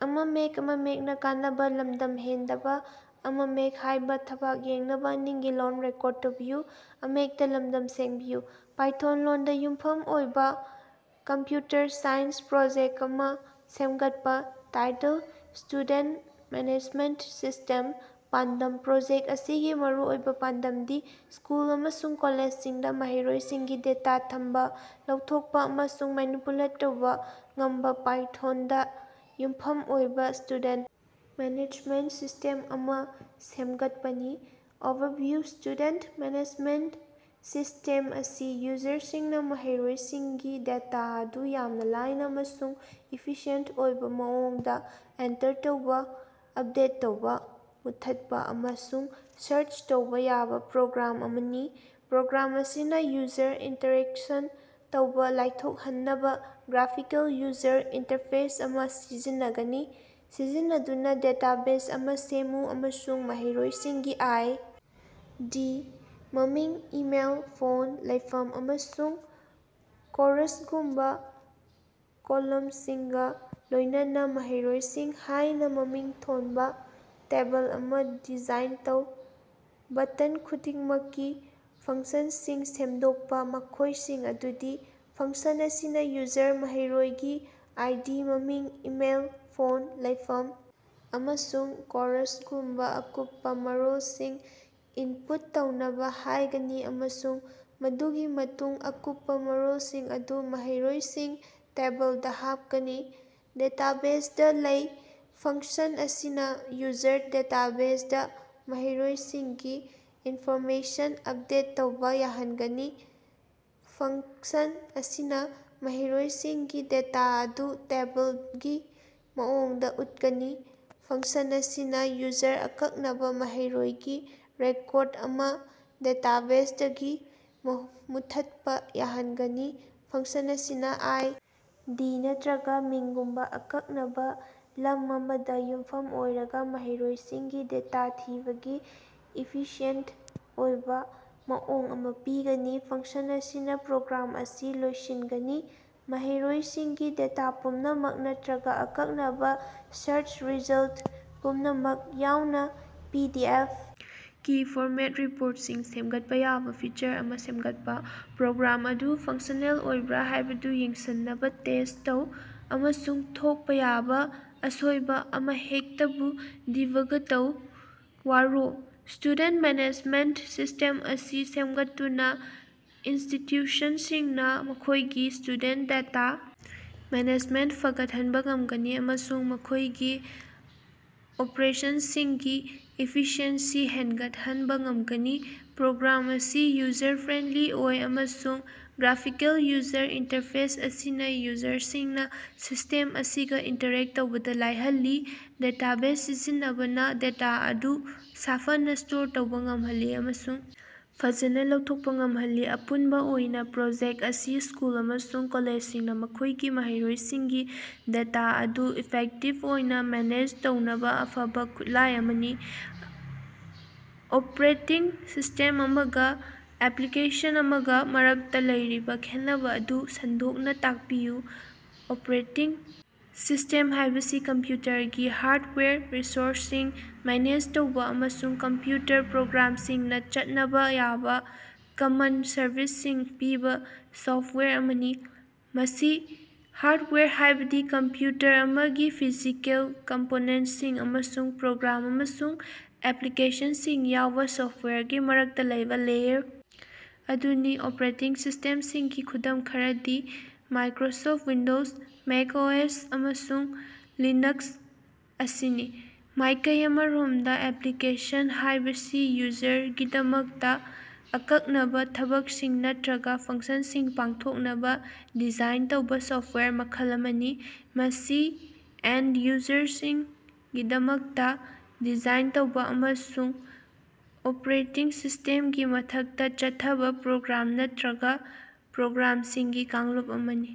Python ꯂꯣꯟꯗ ꯌꯨꯝꯐꯝ ꯑꯣꯏꯕ ꯀꯝꯄ꯭ꯌꯨꯇꯔ ꯁꯥꯏꯟꯁ ꯄ꯭ꯔꯣꯖꯦꯛ ꯑꯃ ꯁꯦꯝꯒꯠꯄ꯫ Title: student management system. ꯄꯥꯟꯗꯝ: ꯄ꯭ꯔꯣꯖꯦꯛ ꯑꯁꯤꯒꯤ ꯃꯔꯨꯑꯣꯏꯕ ꯄꯥꯟꯗꯝꯗꯤ ꯁ꯭ꯀꯨꯜ ꯑꯃꯁꯨꯡ ꯀꯣꯂꯦꯖꯁꯤꯡꯗ ꯃꯍꯩꯔꯣꯏꯁꯤꯡꯒꯤ ꯗꯦꯇꯥ ꯊꯝꯕ, ꯂꯧꯊꯣꯛꯄ ꯑꯃꯁꯨꯡ ꯃꯦꯅꯤꯄꯨꯂꯦꯠ ꯇꯧꯕ ꯉꯝꯕ ꯄꯥꯏꯊꯣꯟꯗ ꯌꯨꯝꯐꯝ ꯑꯣꯏꯕ ꯁ꯭ꯇꯨꯗꯦꯟ ꯃꯦꯅꯦꯖꯃꯦꯟꯠ ꯁꯤꯁ꯭ꯇꯦꯝ ꯑꯃ ꯁꯦꯝꯒꯠꯄꯅꯤ꯫ ꯑꯣꯚꯔꯚꯤꯌꯨ: ꯁ꯭ꯇꯨꯗꯦꯟ ꯃꯦꯅꯦꯖꯃꯦꯟꯠ ꯁꯤꯁ꯭ꯇꯦꯝ ꯑꯁꯤ ꯌꯨꯖꯔꯁꯤꯡꯅ ꯃꯍꯩꯔꯣꯏꯁꯤꯡꯒꯤ ꯗꯦꯇꯥ ꯑꯗꯨ ꯌꯥꯝꯅ ꯂꯥꯏꯅ ꯑꯃꯁꯨꯡ ꯏꯐꯤꯁꯤꯑꯦꯟꯇ ꯑꯣꯏꯕ ꯃꯑꯣꯡꯗ ꯑꯦꯟꯇꯔ ꯇꯧꯕ, ꯑꯞꯗꯦꯠ ꯇꯧꯕ, ꯃꯨꯠꯊꯠꯄ ꯑꯃꯁꯨꯡ ꯁ꯭ꯔꯆ ꯇꯧꯕ ꯌꯥꯕ ꯄ꯭ꯔꯣꯒ꯭ꯔꯥꯝ ꯑꯃꯅꯤ꯫ ꯄ꯭ꯔꯣꯒ꯭ꯔꯥꯝ ꯑꯁꯤꯅ ꯌꯨꯖꯔꯒ ꯏꯟꯇꯔꯦꯛꯁꯟ ꯇꯧꯕꯗ ꯂꯥꯏꯊꯣꯀꯍꯟꯅꯕ ꯒ꯭ꯔꯥꯐꯤꯀꯦꯜ ꯌꯨꯖꯔ ꯏꯟꯇꯔꯐꯦꯁ ꯑꯃ ꯁꯤꯖꯤꯟꯅꯒꯅꯤ꯫ ꯁꯤꯖꯤꯟꯅꯗꯨꯅ ꯗꯦꯇꯥꯕꯦꯖ ꯑꯃ ꯁꯦꯝꯃꯨ ꯑꯃꯁꯨꯡ ꯃꯍꯩꯔꯣꯏꯁꯤꯡꯒꯤ ꯑꯥꯏ. ꯗꯤ. ꯃꯃꯤꯡ, ꯏꯃꯦꯜ, ꯐꯣꯟ, ꯂꯩꯐꯝ, ꯑꯃꯁꯨꯡ ꯀꯣꯔꯁꯒꯨꯝꯕ ꯀꯣꯂꯃꯁꯤꯡꯒ ꯂꯣꯏꯅꯅ 'ꯃꯍꯩꯔꯣꯏꯁꯤꯡ' ꯍꯥꯏꯅ ꯃꯃꯤꯡ ꯊꯣꯟꯕ ꯇꯦꯕꯜ ꯑꯃ ꯗꯤꯖꯥꯏꯟ ꯇꯧ꯫ ꯕꯇꯟ ꯈꯨꯗꯤꯡꯃꯛꯀꯤ ꯐꯪꯁꯟꯁꯤꯡ ꯁꯦꯝꯗꯣꯛꯄ, ꯃꯈꯣꯏꯁꯤꯡ ꯑꯗꯨꯗꯤ: ꯐꯪꯁꯟ ꯑꯁꯤꯅ ꯌꯨꯖꯔꯗ ꯃꯍꯩꯔꯣꯏꯒꯤ ꯑꯥꯏ. ꯗꯤ., ꯃꯃꯤꯡ, ꯏꯃꯦꯜ, ꯐꯣꯟ, ꯂꯩꯐꯝ ꯑꯃꯁꯨꯡ ꯀꯣꯔꯁꯒꯨꯝꯕ ꯑꯀꯨꯞꯄ ꯃꯔꯣꯜꯁꯤꯡ ꯏꯟꯄꯨꯠ ꯇꯧꯅꯕ ꯍꯥꯏꯒꯅꯤ ꯑꯃꯁꯨꯡ ꯃꯗꯨꯒꯤ ꯃꯇꯨꯡꯗ ꯑꯀꯨꯞꯄ ꯃꯔꯣꯜꯁꯤꯡ ꯑꯗꯨ 'ꯃꯍꯩꯔꯣꯏꯁꯤꯡ' ꯇꯦꯕꯜꯗ ꯍꯥꯞꯀꯅꯤ꯫ ꯗꯦꯇꯥꯕꯦꯖꯗ ꯂꯩ: ꯐꯪꯁꯟ ꯑꯁꯤꯅ ꯌꯨꯖꯔꯅ ꯗꯦꯇꯥꯕꯦꯖꯗ ꯃꯍꯩꯔꯣꯏꯁꯤꯡꯒꯤ ꯏꯟꯐꯣꯔꯃꯦꯁꯟ ꯑꯞꯗꯦꯠ ꯇꯧꯕ ꯌꯥꯍꯟꯒꯅꯤ꯫ ꯐꯉ꯭ꯀꯁꯟ ꯑꯁꯤꯅ ꯃꯍꯩꯔꯣꯏꯁꯤꯡꯒꯤ ꯗꯦꯇꯥ ꯑꯗꯨ ꯇꯦꯕꯜꯒꯤ ꯃꯑꯣꯡꯗ ꯎꯠꯀꯅꯤ꯫ ꯐꯪꯁꯟ ꯑꯁꯤꯅ ꯌꯨꯖꯔꯅ ꯑꯀꯛꯅꯕ ꯃꯍꯩꯔꯣꯏꯒꯤ ꯔꯦꯀꯣꯔꯗ ꯑꯃ ꯗꯦꯇꯥꯕꯦꯖꯗꯒꯤ ꯃꯨꯠꯊꯠꯄ ꯌꯥꯍꯟꯒꯅꯤ꯫ ꯐꯪꯁꯟ ꯑꯁꯤꯅ ꯑꯥꯏ. ꯗꯤ. ꯅꯠꯔꯒ ꯃꯤꯡꯒꯨꯝꯕ ꯑꯀꯛꯅꯕ ꯂꯝ ꯑꯃꯗ ꯌꯨꯝꯐꯝ ꯑꯣꯏꯔꯒ ꯃꯍꯩꯔꯣꯏꯁꯤꯡꯒꯤ ꯗꯦꯇꯥ ꯊꯤꯕꯒꯤ ꯏꯐꯤꯁꯤꯌꯦꯟꯇ ꯑꯣꯏꯕ ꯃꯑꯣꯡ ꯑꯃ ꯄꯤꯒꯅꯤ꯫ ꯐꯪꯁꯟ ꯑꯁꯤꯅ ꯄ꯭ꯔꯣꯒ꯭ꯔꯥꯝ ꯑꯁꯤ ꯂꯣꯏꯁꯤꯟꯒꯅꯤ꯫ ꯃꯍꯩꯔꯣꯏꯁꯤꯡꯒꯤ ꯗꯦꯇꯥ ꯄꯨꯝꯅꯃꯛ ꯅꯠꯇ꯭ꯔꯒ ꯑꯀꯛꯅꯕ ꯁ꯭ꯔꯆ ꯔꯤꯖꯜꯠ ꯄꯨꯝꯅꯃꯛ ꯌꯥꯎꯅ ꯄꯤ. ꯗꯤ. ꯑꯦꯐ. ꯀꯤ ꯐꯣꯔꯃꯦꯠꯇ ꯔꯤꯄꯣꯔꯠꯁꯤꯡ ꯁꯦꯃꯒꯠꯄ ꯌꯥꯕ ꯐꯤꯆꯔ ꯑꯃ ꯁꯦꯝꯒꯠꯄ꯫ ꯄ꯭ꯔꯣꯒ꯭ꯔꯥꯝ ꯑꯗꯨ ꯐꯪꯁꯅꯦꯜ ꯑꯣꯏꯕ꯭ꯔꯥ ꯍꯥꯏꯕꯗꯨ ꯌꯦꯡꯁꯤꯟꯅꯕ ꯇꯦꯁ ꯇꯧ ꯑꯃꯁꯨꯡ ꯊꯣꯛꯄ ꯌꯥꯕ ꯑꯁꯣꯏꯕ ꯑꯃꯍꯦꯛꯇꯕꯨ ꯗꯤꯕꯒ ꯇꯧ꯫ ꯋꯥꯔꯣꯜ: ꯁ꯭ꯇꯨꯗꯦꯟ ꯃꯦꯅꯦꯖꯃꯦꯟꯠ ꯁꯤꯁ꯭ꯇꯦꯝ ꯑꯁꯤ ꯁꯦꯝꯒꯠꯇꯨꯅ ꯏꯟꯁꯇꯤꯇ꯭ꯌꯨꯁꯟꯁꯤꯡꯅ ꯃꯈꯣꯏꯒꯤ ꯁ꯭ꯇꯨꯗꯦꯟ ꯗꯦꯇꯥ ꯃꯦꯅꯦꯖꯃꯦꯟꯠ ꯐꯒꯠꯍꯟꯕ ꯉꯝꯒꯅꯤ ꯑꯃꯁꯨꯡ ꯃꯈꯣꯏꯒꯤ ꯑꯣꯄꯔꯦꯁꯟꯁꯤꯡꯒꯤ ꯏꯐꯤꯁꯤꯑꯦꯟꯁꯤ ꯍꯦꯟꯒꯠꯍꯟꯕ ꯉꯝꯒꯅꯤ꯫ ꯄ꯭ꯔꯣꯒ꯭ꯔꯥꯝ ꯑꯁꯤ ꯌꯨꯖꯔ-ꯐ꯭ꯔꯦꯟꯂꯤ ꯑꯣꯏ ꯑꯃꯁꯨꯡ ꯒ꯭ꯔꯥꯐꯤꯀꯦꯜ ꯌꯨꯖꯔ ꯏꯟꯇꯔꯐꯦꯁ ꯑꯁꯤꯅ ꯌꯨꯖꯔꯁꯤꯡꯅ ꯁꯤꯁ꯭ꯇꯦꯝ ꯑꯁꯤꯒ ꯏꯟꯇꯔꯦꯛ ꯇꯧꯕꯗ ꯂꯥꯏꯍꯜꯂꯤ꯫ ꯗꯦꯇꯥꯕꯦꯖ ꯁꯤꯖꯤꯟꯅꯕꯅ ꯗꯦꯇꯥ ꯑꯗꯨ ꯁꯥꯐꯅꯥ ꯁ꯭ꯇꯣꯔ ꯇꯧꯕ ꯉꯝꯍꯜꯂꯤ ꯑꯃꯁꯨꯡ ꯐꯖꯅ ꯂꯧꯊꯣꯛꯄ ꯉꯝꯍꯜꯂꯤ꯫ ꯑꯄꯨꯟꯕ ꯑꯣꯏꯅ, ꯄ꯭ꯔꯣꯖꯦꯛ ꯑꯁꯤ ꯁ꯭ꯀꯨꯜ ꯑꯃꯁꯨꯡ ꯀꯣꯂꯦꯖꯁꯤꯡꯅ ꯃꯈꯣꯏꯒꯤ ꯃꯍꯩꯔꯣꯏꯁꯤꯡꯒꯤ ꯗꯦꯇꯥ ꯑꯗꯨ ꯏꯐꯦꯛꯇꯤꯚ ꯑꯣꯏꯅ ꯃꯦꯅꯦꯖ ꯇꯧꯅꯕ ꯑꯐꯕ ꯈꯨꯠꯂꯥꯏ ꯑꯃꯅꯤ꯫ ꯑꯣꯄꯔꯦꯇꯤꯡ ꯁꯤꯁ꯭ꯇꯦꯝ ꯑꯃꯒ ꯑꯦꯄ꯭ꯂꯤꯀꯦꯁꯟ ꯑꯃꯒ ꯃꯔꯛꯇ ꯂꯩꯔꯤꯕ ꯈꯦꯠꯅꯕ ꯑꯗꯨ ꯁꯟꯗꯣꯛꯅ ꯇꯥꯛꯄꯤꯌꯨ꯫ ꯑꯣꯄꯔꯦꯇꯤꯡ ꯁꯤꯁ꯭ꯇꯦꯝ ꯍꯥꯏꯕꯁꯤ ꯀꯝꯄ꯭ꯌꯨꯇꯔꯒꯤ ꯍꯥꯔꯗꯋꯥꯌꯔ, ꯔꯤꯁꯣꯔꯁꯁꯤꯡ ꯃꯦꯅꯦꯖ ꯇꯧꯕ ꯑꯃꯁꯨꯡ ꯀꯝꯄ꯭ꯌꯨꯇꯔ ꯄ꯭ꯔꯣꯒ꯭ꯔꯥꯝꯁꯤꯡꯅ ꯆꯠꯅꯕ ꯌꯥꯕ ꯀꯃꯟ ꯁꯔꯚꯤꯁꯁꯤꯡ ꯄꯤꯕ ꯁꯣꯐꯋꯥꯌꯔ ꯑꯃꯅꯤ꯫ ꯃꯁꯤ ꯍꯥꯔꯗꯋꯥꯌꯔ, ꯍꯥꯏꯕꯗꯤ ꯀꯝꯄ꯭ꯌꯨꯇꯔ ꯑꯃꯒꯤ ꯐꯤꯖꯤꯀꯦꯜ ꯀꯝꯄꯣꯅꯦꯟꯠꯁꯤꯡ ꯑꯃꯁꯨꯡ ꯄ꯭ꯔꯣꯒ꯭ꯔꯥꯝ ꯑꯃꯁꯨꯡ ꯑꯦꯄ꯭ꯂꯤꯀꯦꯁꯟꯁꯤꯡ ꯌꯥꯎꯕ ꯁꯣꯐꯋꯥꯌꯔꯒꯤ ꯃꯔꯛꯇ ꯂꯩꯕ ꯂꯦꯌꯔ ꯑꯗꯨꯅꯤ꯫ ꯑꯣꯄꯔꯦꯇꯤꯡ ꯁꯤꯁ꯭ꯇꯦꯝꯁꯤꯡꯒꯤ ꯈꯨꯗꯝ ꯈꯔꯗꯤ ꯃꯥꯏꯀ꯭ꯔꯣꯁꯣꯐ ꯋꯤꯟꯗꯣꯖ, ꯃꯦꯀꯑꯣꯑꯦꯁ, ꯑꯃꯁꯨꯡ ꯂꯤꯅꯛꯁ ꯑꯌꯁꯤꯅꯤ꯫ ꯃꯥꯏꯀꯩ ꯑꯃꯔꯣꯝꯗ ꯑꯦꯄ꯭ꯂꯤꯀꯦꯁꯟ ꯍꯥꯏꯕꯁꯤ ꯌꯨꯖꯔꯒꯤꯗꯃꯛꯇ ꯑꯀꯛꯅꯕ ꯊꯕꯛꯁꯤꯡ ꯅꯠꯇ꯭ꯔꯒ ꯐꯪꯁꯟꯁꯤꯡ ꯄꯥꯡꯊꯣꯛꯅꯕ ꯗꯤꯖꯥꯏꯟ ꯇꯧꯕ ꯁꯣꯐꯋꯥꯌꯔ ꯃꯈꯜ ꯑꯃꯅꯤ꯫ ꯃꯁꯤ ꯑꯦꯟꯗ-ꯌꯨꯖꯔꯁꯤꯡꯒꯤꯗꯃꯛꯇ ꯗꯤꯖꯥꯏꯟ ꯇꯧꯕ ꯑꯃꯁꯨꯡ ꯑꯣꯄꯔꯦꯇꯤꯡ ꯁꯤꯁ꯭ꯇꯦꯝꯒꯤ ꯃꯊꯛꯇ ꯆꯠꯊꯕ ꯄ꯭ꯔꯣꯒ꯭ꯔꯥꯝ ꯅꯠꯇ꯭ꯔꯒ ꯄ꯭ꯔꯣꯒ꯭ꯔꯥꯝꯁꯤꯡꯒꯤ ꯀꯥꯡꯂꯨꯞ ꯑꯃꯅꯤ꯫